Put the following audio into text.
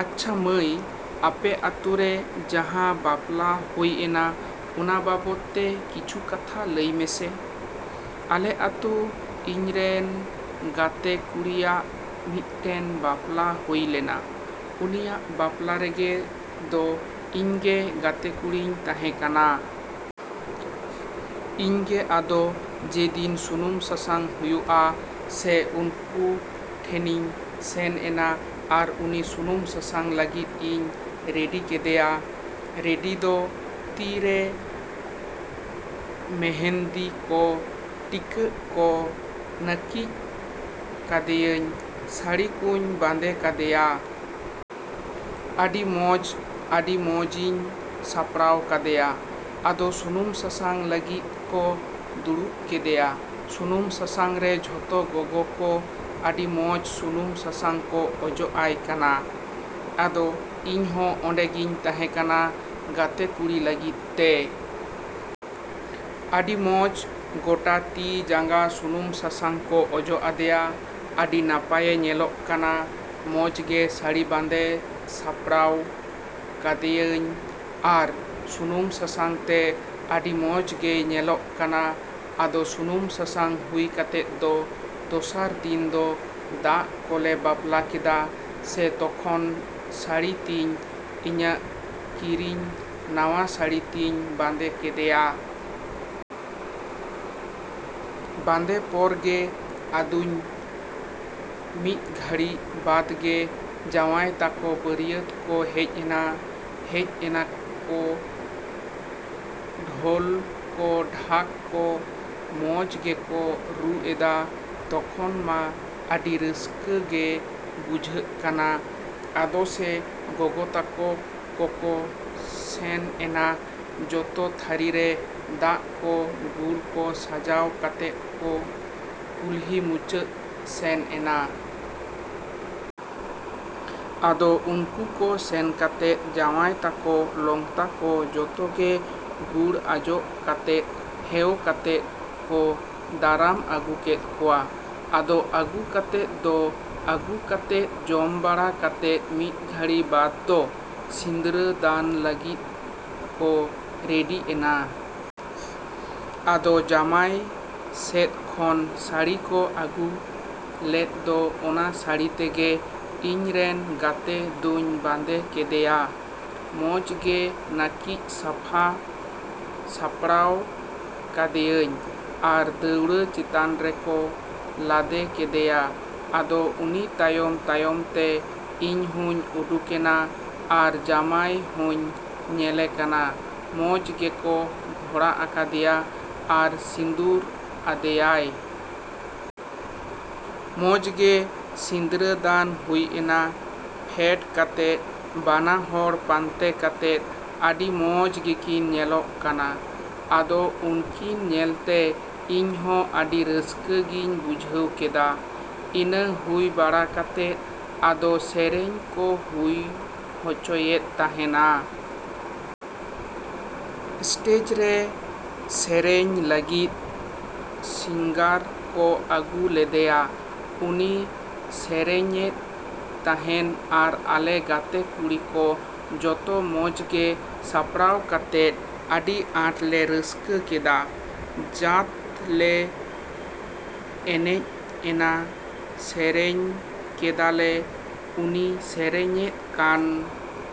ᱟᱪᱪᱷᱟ ᱢᱟᱹᱭ, ᱟᱯᱮ ᱟᱛᱳᱨᱮ ᱡᱟᱦᱟᱸ ᱵᱟᱯᱞᱟ ᱦᱳᱭ ᱮᱱᱟ ᱚᱱᱟ ᱵᱟᱵᱚᱫ ᱛᱮ ᱠᱤᱪᱷᱩ ᱠᱟᱛᱷᱟ ᱞᱟᱹᱭ ᱢᱮᱥᱮ? ᱟᱞᱮ ᱟᱛᱳ ᱤᱧᱨᱮᱱ ᱜᱟᱛᱮ ᱠᱩᱲᱤᱭᱟᱜ ᱢᱤᱫ ᱴᱮᱱ ᱵᱟᱯᱞᱟ ᱦᱳᱭ ᱞᱮᱱᱟ᱾ ᱩᱱᱤᱭᱟᱜ ᱵᱟᱯᱞᱟ ᱨᱮᱜᱮ ᱫᱚ ᱤᱧ ᱜᱮ ᱜᱟᱛᱮ ᱠᱩᱲᱤᱧ ᱛᱟᱦᱮᱸ ᱠᱟᱱᱟ᱾ ᱤᱧ ᱜᱮ ᱟᱫᱚ ᱡᱮ ᱫᱤᱱ ᱥᱩᱱᱩᱢ ᱥᱟᱥᱟᱝ ᱦᱩᱭᱩᱜᱼᱟ ᱥᱮ ᱩᱱᱠᱩ ᱴᱷᱮᱱᱤᱧ ᱥᱮᱱ ᱮᱱᱟ ᱟᱨ ᱩᱱᱤ ᱥᱩᱱᱩᱢ ᱥᱟᱥᱟᱝ ᱞᱟᱹᱜᱤᱫ ᱤᱧ ᱨᱮᱰᱤ ᱠᱮᱫᱮᱭᱟ᱾ ᱨᱮᱰᱤ ᱫᱚ ᱛᱤ ᱨᱮ ᱢᱮᱦᱮᱱᱫᱤ ᱠᱚ, ᱴᱤᱠᱟᱹᱜ ᱠᱚ, ᱱᱟᱹᱠᱤᱪ ᱠᱟᱫᱮᱭᱟᱹᱧ, ᱥᱟᱹᱲᱤ ᱠᱚᱧ ᱵᱟᱸᱫᱮ ᱠᱟᱫᱮᱭᱟ᱾ ᱟᱹᱰᱤ ᱢᱚᱸᱡᱽ, ᱟᱹᱰᱤ ᱢᱚᱸᱡᱤᱧ ᱥᱟᱯᱲᱟᱣ ᱠᱟᱫᱮᱭᱟ᱾ ᱟᱫᱚ ᱥᱩᱱᱩᱢ ᱥᱟᱥᱟᱝ ᱞᱟᱹᱜᱤᱫ ᱠᱚ ᱫᱩᱲᱩᱵ ᱠᱮᱫᱮᱭᱟ᱾ ᱥᱩᱱᱩᱢ ᱥᱟᱥᱟᱝ ᱨᱮ ᱡᱷᱚᱛᱚ ᱜᱚᱜᱚ ᱠᱚ ᱟᱹᱰᱤ ᱢᱚᱸᱡᱽ ᱥᱩᱱᱩᱢ ᱥᱟᱥᱟᱝ ᱠᱚ ᱚᱡᱚᱜ ᱟᱭ ᱠᱟᱱᱟ᱾ ᱟᱫᱚ ᱤᱧ ᱦᱚᱸ ᱚᱸᱰᱮ ᱜᱤᱧ ᱛᱟᱦᱮᱸ ᱠᱟᱱᱟ ᱜᱟᱛᱮ ᱠᱩᱲᱤ ᱞᱟᱹᱜᱤᱫ ᱛᱮ᱾ ᱟᱹᱰᱤ ᱢᱚᱸᱡᱽ ᱜᱚᱴᱟ ᱛᱤ ᱡᱟᱸᱜᱟ ᱥᱩᱱᱩᱢ ᱥᱟᱥᱟᱝ ᱠᱚ ᱚᱡᱚᱜ ᱟᱫᱮᱭᱟ, ᱟᱹᱰᱤ ᱱᱟᱯᱟᱭᱮ ᱧᱮᱞᱚᱜ ᱠᱟᱱᱟ᱾ ᱢᱚᱸᱡᱽ ᱜᱮ ᱥᱟᱹᱲᱤ ᱵᱟᱸᱫᱮ ᱥᱟᱯᱲᱟᱣ ᱠᱟᱫᱮᱭᱟᱹᱧ ᱟᱨ ᱥᱩᱱᱩᱢ ᱥᱟᱥᱟᱝ ᱛᱮ ᱟᱹᱰᱤ ᱢᱚᱸᱡᱽ ᱜᱮᱭ ᱧᱮᱞᱚᱜ ᱠᱟᱱᱟ᱾ ᱟᱫᱚ ᱥᱩᱱᱩᱢ ᱥᱟᱥᱟᱝ ᱦᱩᱭ ᱠᱟᱛᱮᱫ ᱫᱚ ᱫᱚᱥᱟᱨ ᱫᱤᱱ ᱫᱚ ᱫᱟᱜ ᱠᱚᱞᱮ ᱵᱟᱯᱞᱟ ᱠᱮᱫᱟ ᱥᱮ ᱛᱚᱠᱷᱚᱱ ᱥᱟᱹᱲᱤ ᱛᱤᱧ, ᱤᱧᱟᱹᱜ ᱠᱤᱨᱤᱧ ᱱᱟᱣᱟ ᱥᱟᱹᱲᱤ ᱛᱤᱧ ᱵᱟᱸᱫᱮ ᱠᱮᱫᱮᱭᱟ᱾ ᱵᱟᱸᱫᱮ ᱯᱚᱨ ᱜᱮ ᱟᱫᱚᱧ ᱢᱤᱫ ᱜᱷᱟᱹᱲᱤ ᱵᱟᱫ ᱜᱮ ᱡᱟᱶᱟᱭ ᱛᱟᱠᱚ ᱵᱟᱹᱨᱭᱟᱹᱛ ᱠᱚ ᱦᱮᱡ ᱮᱱᱟ᱾ ᱦᱮᱡ ᱮᱱᱟᱠᱚ ᱰᱷᱳᱞ ᱠᱚ ᱰᱷᱟᱠ ᱠᱚ ᱢᱚᱸᱡᱽ ᱜᱮᱠᱚ ᱨᱩ ᱮᱫᱟ, ᱛᱚᱠᱷᱚᱱ ᱢᱟ ᱟᱹᱰᱤ ᱨᱟᱹᱥᱠᱟᱹ ᱜᱮ ᱵᱩᱡᱷᱟᱹᱜ ᱠᱟᱱᱟ᱾ ᱟᱫᱚ ᱥᱮ ᱜᱚᱜᱚ ᱛᱟᱠᱚ ᱠᱚᱠᱚ ᱥᱮᱱ ᱮᱱᱟ ᱡᱚᱛᱚ ᱛᱷᱟᱹᱨᱤ ᱨᱮ ᱫᱟᱜ ᱠᱚ ᱜᱩᱲ ᱠᱚ ᱥᱟᱡᱟᱣ ᱠᱟᱛᱮᱫ ᱠᱚ ᱠᱩᱞᱦᱤ ᱢᱩᱪᱟᱹᱫ ᱥᱮᱱ ᱮᱱᱟ᱾ ᱟᱫᱚ ᱩᱱᱠᱩ ᱠᱚ ᱥᱮᱱ ᱠᱟᱛᱮᱫ ᱡᱟᱶᱟᱭ ᱛᱟᱠᱚ, ᱞᱚᱝᱛᱟ ᱠᱚ ᱡᱚᱛᱚ ᱜᱮ ᱜᱩᱲ ᱟᱡᱚᱜ ᱠᱟᱛᱮᱫ, ᱦᱮᱣ ᱠᱟᱛᱮᱫ ᱠᱚ ᱫᱟᱨᱟᱢ ᱟᱹᱜᱩ ᱠᱮᱫ ᱠᱚᱣᱟ᱾ ᱟᱫᱚ ᱟᱹᱜᱩ ᱠᱟᱛᱮᱫ ᱫᱚ, ᱟᱹᱜᱩ ᱠᱟᱛᱮᱫ ᱡᱚᱢ ᱵᱟᱲᱟ ᱠᱟᱛᱮᱫ ᱢᱤᱫ ᱜᱷᱟᱹᱲᱤ ᱵᱟᱫ ᱫᱚ ᱥᱤᱸᱫᱽᱨᱟᱹ ᱫᱟᱱ ᱞᱟᱹᱜᱤᱫ ᱠᱚ ᱨᱮᱰᱤ ᱮᱱᱟ᱾ ᱟᱫᱚ ᱡᱟᱢᱟᱭ ᱥᱮᱫ ᱠᱷᱚᱱ ᱥᱟᱹᱲᱤ ᱠᱚ ᱟᱹᱜᱩ ᱞᱮᱫ ᱫᱚ ᱚᱱᱟ ᱥᱟᱹᱲᱤ ᱛᱮᱜᱮ ᱤᱧ ᱨᱮᱱ ᱜᱟᱛᱮ ᱫᱚᱧ ᱵᱟᱸᱫᱮ ᱠᱮᱫᱮᱭᱟ᱾ ᱢᱚᱸᱡᱽ ᱜᱮ ᱱᱟᱹᱠᱤᱪ ᱥᱟᱯᱷᱟ ᱥᱟᱯᱲᱟᱣ ᱠᱟᱫᱮᱭᱟᱹᱧ ᱟᱨ ᱫᱟᱹᱣᱲᱟᱹ ᱪᱮᱛᱟᱱ ᱨᱮᱠᱚ ᱞᱟᱫᱮ ᱠᱮᱫᱮᱭᱟ᱾ ᱟᱫᱚ ᱩᱱᱤ ᱛᱟᱭᱚᱢᱼᱛᱟᱭᱚᱢ ᱛᱮ ᱤᱧ ᱦᱚᱸᱧ ᱩᱰᱩᱠᱮᱱᱟ ᱟᱨ ᱡᱟᱢᱟᱭ ᱦᱚᱸᱧ ᱧᱮᱞᱮ ᱠᱟᱱᱟ ᱢᱚᱸᱡᱽ ᱜᱮᱠᱚ ᱜᱷᱚᱲᱟ ᱟᱠᱟᱫᱮᱭᱟ ᱟᱨ ᱥᱤᱸᱫᱩᱨ ᱟᱫᱮᱭᱟᱭ᱾ ᱢᱚᱸᱡᱽ ᱜᱮ ᱥᱤᱸᱫᱽᱨᱟᱹ ᱫᱟᱱ ᱦᱩᱭ ᱮᱱᱟ᱾ ᱯᱷᱮᱰ ᱠᱟᱛᱮᱫ ᱵᱟᱱᱟ ᱦᱚᱲ ᱯᱟᱱᱛᱮ ᱠᱟᱛᱮᱫ ᱟᱹᱰᱤ ᱢᱚᱸᱡᱽ ᱜᱮᱠᱤᱱ ᱧᱮᱞᱚᱜ ᱠᱟᱱᱟ᱾ ᱟᱫᱚ ᱩᱱᱠᱤᱱ ᱧᱮᱞᱛᱮ ᱤᱧ ᱦᱚᱸ ᱟᱹᱰᱤ ᱨᱟᱹᱥᱠᱟᱹ ᱜᱤᱧ ᱵᱩᱡᱷᱟᱹᱣ ᱠᱮᱫᱟ᱾ ᱤᱱᱟᱹ ᱦᱩᱭ ᱵᱟᱲᱟ ᱠᱟᱛᱮᱫ ᱟᱫᱚ ᱥᱮᱨᱮᱧ ᱠᱚ ᱦᱩᱭ ᱦᱚᱪᱚᱭᱮᱫ ᱛᱟᱸᱦᱮᱱᱟ᱾ ᱥᱴᱮᱡ ᱨᱮ ᱥᱮᱨᱮᱧ ᱞᱟᱹᱜᱤᱫ ᱥᱤᱝᱜᱟᱨ ᱠᱚ ᱟᱹᱜᱩ ᱞᱮᱫᱮᱭᱟ᱾ ᱩᱱᱤ ᱥᱮᱨᱮᱧᱮᱫ ᱛᱟᱸᱦᱮᱱ ᱟᱨ ᱟᱞᱮ ᱜᱟᱛᱮ ᱠᱩᱲᱤ ᱠᱚ ᱡᱚᱛᱚ ᱢᱚᱸᱡᱽ ᱜᱮ ᱥᱟᱯᱲᱟᱣ ᱠᱟᱛᱮᱫ ᱟᱹᱰᱤ ᱟᱸᱴ ᱞᱮ ᱨᱟᱹᱥᱠᱟᱹ ᱠᱮᱫᱟ᱾ ᱡᱟᱛ ᱞᱮ ᱮᱱᱮᱡ ᱮᱱᱟ, ᱥᱮᱨᱮᱧ ᱠᱮᱫᱟ ᱞᱮ᱾ ᱩᱱᱤ ᱥᱮᱨᱮᱧᱮᱫ ᱠᱟᱱ